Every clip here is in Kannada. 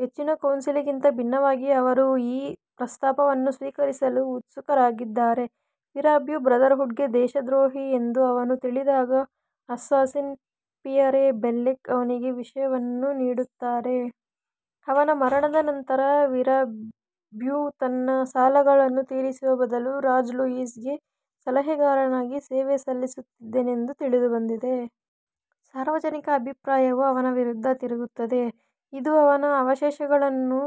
ಹೆಚ್ಚಿನ ಕೌನ್ಸಿಲ್ಗಿಂತ ಭಿನ್ನವಾಗಿ, ಅವರು ಈ ಪ್ರಸ್ತಾಪವನ್ನು ಸ್ವೀಕರಿಸಲು ಉತ್ಸುಕರಾಗಿದ್ದಾರೆ. ಮಿರಾಬ್ಯೂ ಬ್ರದರ್ಹುಡ್ಗೆ ದೇಶದ್ರೋಹಿ ಎಂದು ಅವನು ತಿಳಿದಾಗ, ಅಸ್ಸಾಸಿನ್ ಪಿಯರೆ ಬೆಲ್ಲೆಕ್ ಅವನಿಗೆ ವಿಷವನ್ನು ನೀಡುತ್ತಾನೆ. ಅವನ ಮರಣದ ನಂತರ, ಮಿರಾಬ್ಯೂ ತನ್ನ ಸಾಲಗಳನ್ನು ತೀರಿಸುವ ಬದಲು ರಾಜ ಲೂಯಿಸ್ ಗೆ ಸಲಹೆಗಾರನಾಗಿ ಸೇವೆ ಸಲ್ಲಿಸುತ್ತಿದ್ದನೆಂದು ತಿಳಿದುಬಂದಿದೆ. ಸಾರ್ವಜನಿಕ ಅಭಿಪ್ರಾಯವು ಅವನ ವಿರುದ್ಧ ತಿರುಗುತ್ತದೆ, ಇದು ಅವನ ಅವಶೇಷಗಳನ್ನು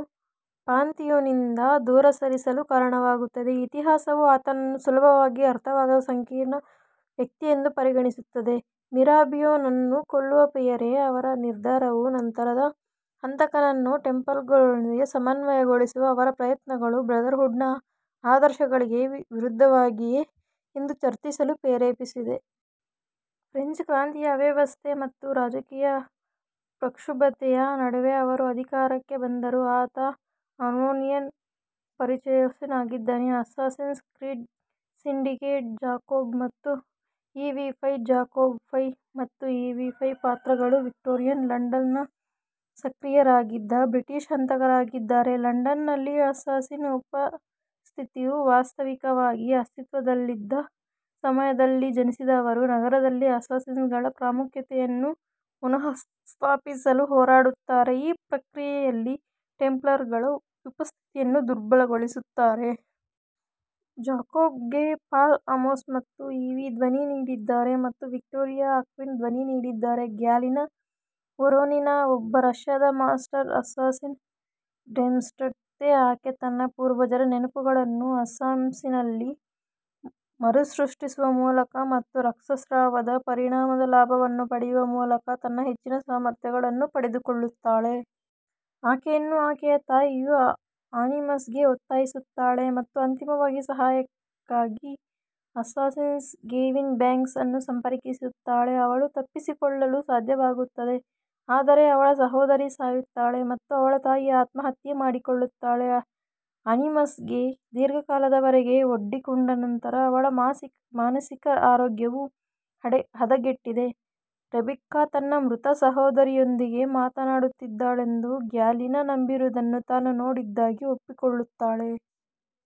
ಪಾಂಥಿಯೋನ್ನಿಂದ ದೂರ ಸರಿಸಲು ಕಾರಣವಾಗುತ್ತದೆ. ಇತಿಹಾಸವು ಆತನನ್ನು ಸುಲಭವಾಗಿ ಅರ್ಥವಾಗದ ಸಂಕೀರ್ಣ ವ್ಯಕ್ತಿಯೆಂದು ಪರಿಗಣಿಸುತ್ತದೆ. ಮಿರಾಬಿಯೊನನ್ನು ಕೊಲ್ಲುವ ಪಿಯರೆ ಅವರ ನಿರ್ಧಾರವು ನಂತರದ ಹಂತಕರನ್ನು ಟೆಂಪ್ಲರ್ಗಳೊಂದಿಗೆ ಸಮನ್ವಯಗೊಳಿಸುವ ಅವರ ಪ್ರಯತ್ನಗಳು ಬ್ರದರ್ಹುಡ್ನ ಆದರ್ಶಗಳಿಗೆ ವಿರುದ್ಧವಾಗಿವೆಯೇ ಎಂದು ಚರ್ಚಿಸಲು ಪ್ರೇರೇಪಿಸಿದೆ. ಫ್ರೆಂಚ್ ಕ್ರಾಂತಿಯ ಅವ್ಯವಸ್ಥೆ ಮತ್ತು ರಾಜಕೀಯ ಪ್ರಕ್ಷುಬ್ಧತೆಯ ನಡುವೆ ಅವರು ಅಧಿಕಾರಕ್ಕೆ ಬಂದರು. ಆತ ಅರ್ನೋನಿಗೆ ಪರಿಚಯಸ್ಥನಾಗಿದ್ದಾನೆ. ಅಸ್ಸಾಸಿನ್ಸ್ ಕ್ರೀಡ್ ಸಿಂಡಿಕೇಟ್ ಜಾಕೋಬ್ ಮತ್ತು ಈವಿ ಫ್ರೈ ಜಾಕೋಬ್ ಫ್ರೈ ಮತ್ತು ಈವಿ ಫ್ರೈ ಪಾತ್ರಗಳು ವಿಕ್ಟೋರಿಯನ್ ಲಂಡನ್ನಲ್ಲಿ ಸಕ್ರಿಯರಾಗಿದ್ದ ಬ್ರಿಟಿಷ್ ಹಂತಕರಾಗಿದ್ದಾರೆ. ಲಂಡನ್ನಲ್ಲಿ ಅಸ್ಸಾಸಿನ್ ಉಪಸ್ಥಿತಿಯು ವಾಸ್ತವಿಕವಾಗಿ ಅಸ್ತಿತ್ವದಲ್ಲಿಲ್ಲದ ಸಮಯದಲ್ಲಿ ಜನಿಸಿದ ಅವರು, ನಗರದಲ್ಲಿ ಅಸ್ಸಾಸಿನ್ಗಳ ಪ್ರಾಮುಖ್ಯತೆಯನ್ನು ಪುನಃಸ್ಥಾಪಿಸಲು ಹೋರಾಡುತ್ತಾರೆ, ಈ ಪ್ರಕ್ರಿಯೆಯಲ್ಲಿ ಟೆಂಪ್ಲರ್ ಉಪಸ್ಥಿತಿಯನ್ನು ದುರ್ಬಲಗೊಳಿಸುತ್ತಾರೆ. ಜಾಕೋಬ್ಗೆ ಪಾಲ್ ಅಮೋಸ್ ಮತ್ತು ಈವಿ ಧ್ವನಿ ನೀಡಿದ್ದಾರೆ ಮತ್ತು ವಿಕ್ಟೋರಿಯಾ ಅಟ್ಕಿನ್ ಧ್ವನಿ ನೀಡಿದ್ದಾರೆ. ಗ್ಯಾಲಿನಾ ವೊರೊನಿನಾ ಒಬ್ಬ ರಷ್ಯಾದ ಮಾಸ್ಟರ್ ಅಸ್ಸಾಸಿನ್. ಡೆಸ್ಮಂಡ್ನಂತೆ, ಆಕೆ ತನ್ನ ಪೂರ್ವಜರ ನೆನಪುಗಳನ್ನು ಅನಿಮಸ್ನಲ್ಲಿ ಮರುಸೃಷ್ಟಿಸುವ ಮೂಲಕ ಮತ್ತು ರಕ್ತಸ್ರಾವದ ಪರಿಣಾಮದ ಲಾಭವನ್ನು ಪಡೆಯುವ ಮೂಲಕ ತನ್ನ ಹೆಚ್ಚಿನ ಸಾಮರ್ಥ್ಯಗಳನ್ನು ಪಡೆದುಕೊಳ್ಳುತ್ತಾಳೆ. ಆಕೆಯನ್ನು ಆಕೆಯ ತಾಯಿಯು ಆನಿಮಸ್ಗೆ ಒತ್ತಾಯಿಸುತ್ತಾಳೆ ಮತ್ತು ಅಂತಿಮವಾಗಿ ಸಹಾಯಕ್ಕಾಗಿ ಅಸ್ಸಾಸಿನ್ ಗೇವಿನ್ ಬ್ಯಾಂಕ್ಸ್ ಅನ್ನು ಸಂಪರ್ಕಿಸುತ್ತಾಳೆ. ಅವಳು ತಪ್ಪಿಸಿಕೊಳ್ಳಲು ಸಾಧ್ಯವಾಗುತ್ತದೆ, ಆದರೆ ಅವಳ ಸಹೋದರಿ ಸಾಯುತ್ತಾಳೆ ಮತ್ತು ಅವಳ ತಾಯಿ ಆತ್ಮಹತ್ಯೆ ಮಾಡಿಕೊಳ್ಳುತ್ತಾಳೆ. ಅನಿಮಸ್ಗೆ ದೀರ್ಘಕಾಲದವರೆಗೆ ಒಡ್ಡಿಕೊಂಡ ನಂತರ, ಅವಳ ಮಾನಸಿಕ ಆರೋಗ್ಯವು ಹದಗೆಟ್ಟಿದೆ; ರೆಬೆಕ್ಕಾ ತನ್ನ ಮೃತ ಸಹೋದರಿಯೊಂದಿಗೆ ಮಾತನಾಡುತ್ತಿದ್ದಾಳೆಂದು ಗ್ಯಾಲಿನಾ ನಂಬಿರುವುದನ್ನು ತಾನು ನೋಡಿದ್ದಾಗಿ ಒಪ್ಪಿಕೊಳ್ಳುತ್ತಾಳೆ.